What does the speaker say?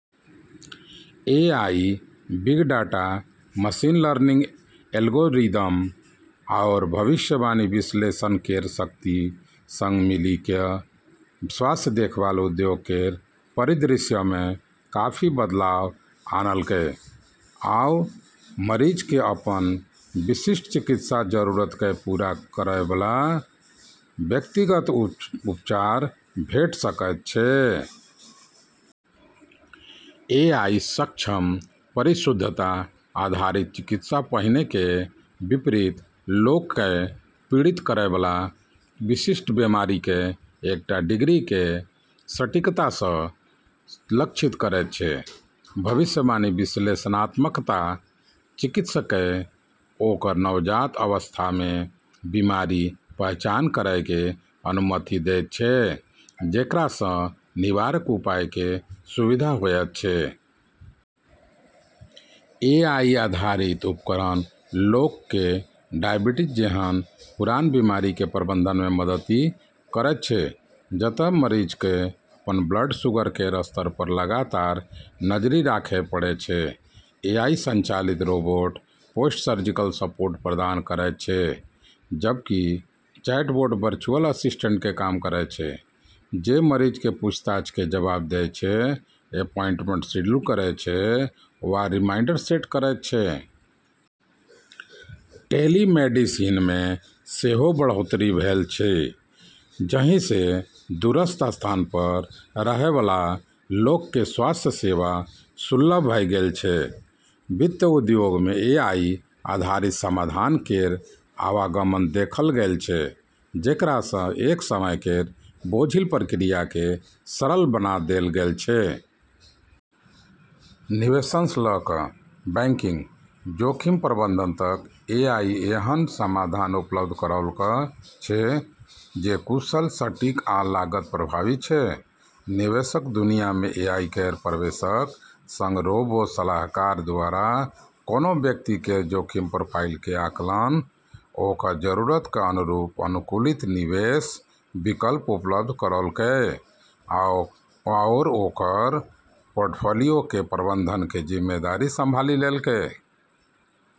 AI, big data, machine learning algorithm, आओर भविष्यवाणी विश्लेषण केर शक्ति सङ्ग मिलि क' स्वास्थ्य देखभाल उद्योग केर परिदृश्यमे काफी बदलाव आनलकै । आब मरीजके अपन विशिष्ट चिकित्सा जरूरतकेँ पूरा करयबला व्यक्तिगत उपचार भेट सकैत छै । एआई-सक्षम, परिशुद्धता आधारित चिकित्सा पहिनेके विपरीत, लोककेँ पीड़ित करयबला विशिष्ट बीमारिकेँ एकटा डिग्रीकेँ सटीकतासँ लक्षित करैत छै । भविष्यवाणी विश्लेषणात्मकता चिकित्सककेँ ओकर नवजात अवस्थामे बीमारिक पहचान करैके अनुमति देइत छै, जेकरासँ निवारक उपायके सुविधा होयत छै । एआई आधारित उपकरण लोकके डायबिटीज जेहन पुरान बिमारिके प्रबंधनमे मदति करैत छै, जतऽ मरीजकेँ अपन ब्लड शुगर केर स्तर पर लगातार नजरि राखै पड़ै छै। एआई संचालित रोबोट पोस्ट-सर्जिकल सपोर्ट प्रदान करैत छै, जबकि चैटबोट वर्चुअल असिस्टेंटके काम करैत छै, जे मरीजके पूछताछके जवाब दै छै, अपॉइंटमेंट शेड्यूल करै छै वा रिमाइंडर सेट करैत छै । टेलीमेडिसिनमे सेहो बढ़ोतरी भेल अछि, जाहिसँ दूरस्थ स्थान पर रहयबला लोकके स्वास्थ्य सेवा सुलभ भ' गेल अछि । वित्त उद्योगमे एआई आधारित समाधान केर आवागमन देखल गेल छै जेकरासँ एक समय केर बोझिल प्रक्रियाके सरल बना देल गेल छै। निवेशसँ ल' क' बैंकिंग, जोखिम प्रबंधन तक, एआई एहन समाधान उपलब्ध करौलक अछि जे कुशल, सटीक आ लागत प्रभावी छै । निवेशक दुनियामे एआई केर प्रवेशक सङ्ग रोबो-सलाहकार दुआरा कोनो व्यक्ति केर जोखिम प्रोफाइलके आकलन, ओकर जरूरतक अनुरूप अनुकूलित निवेश विकल्प उपलब्ध करोलकै, आओर ओकर पोर्टफोलियोकेँ प्रबंधनके जिम्मेदारी संभाली लेलकै।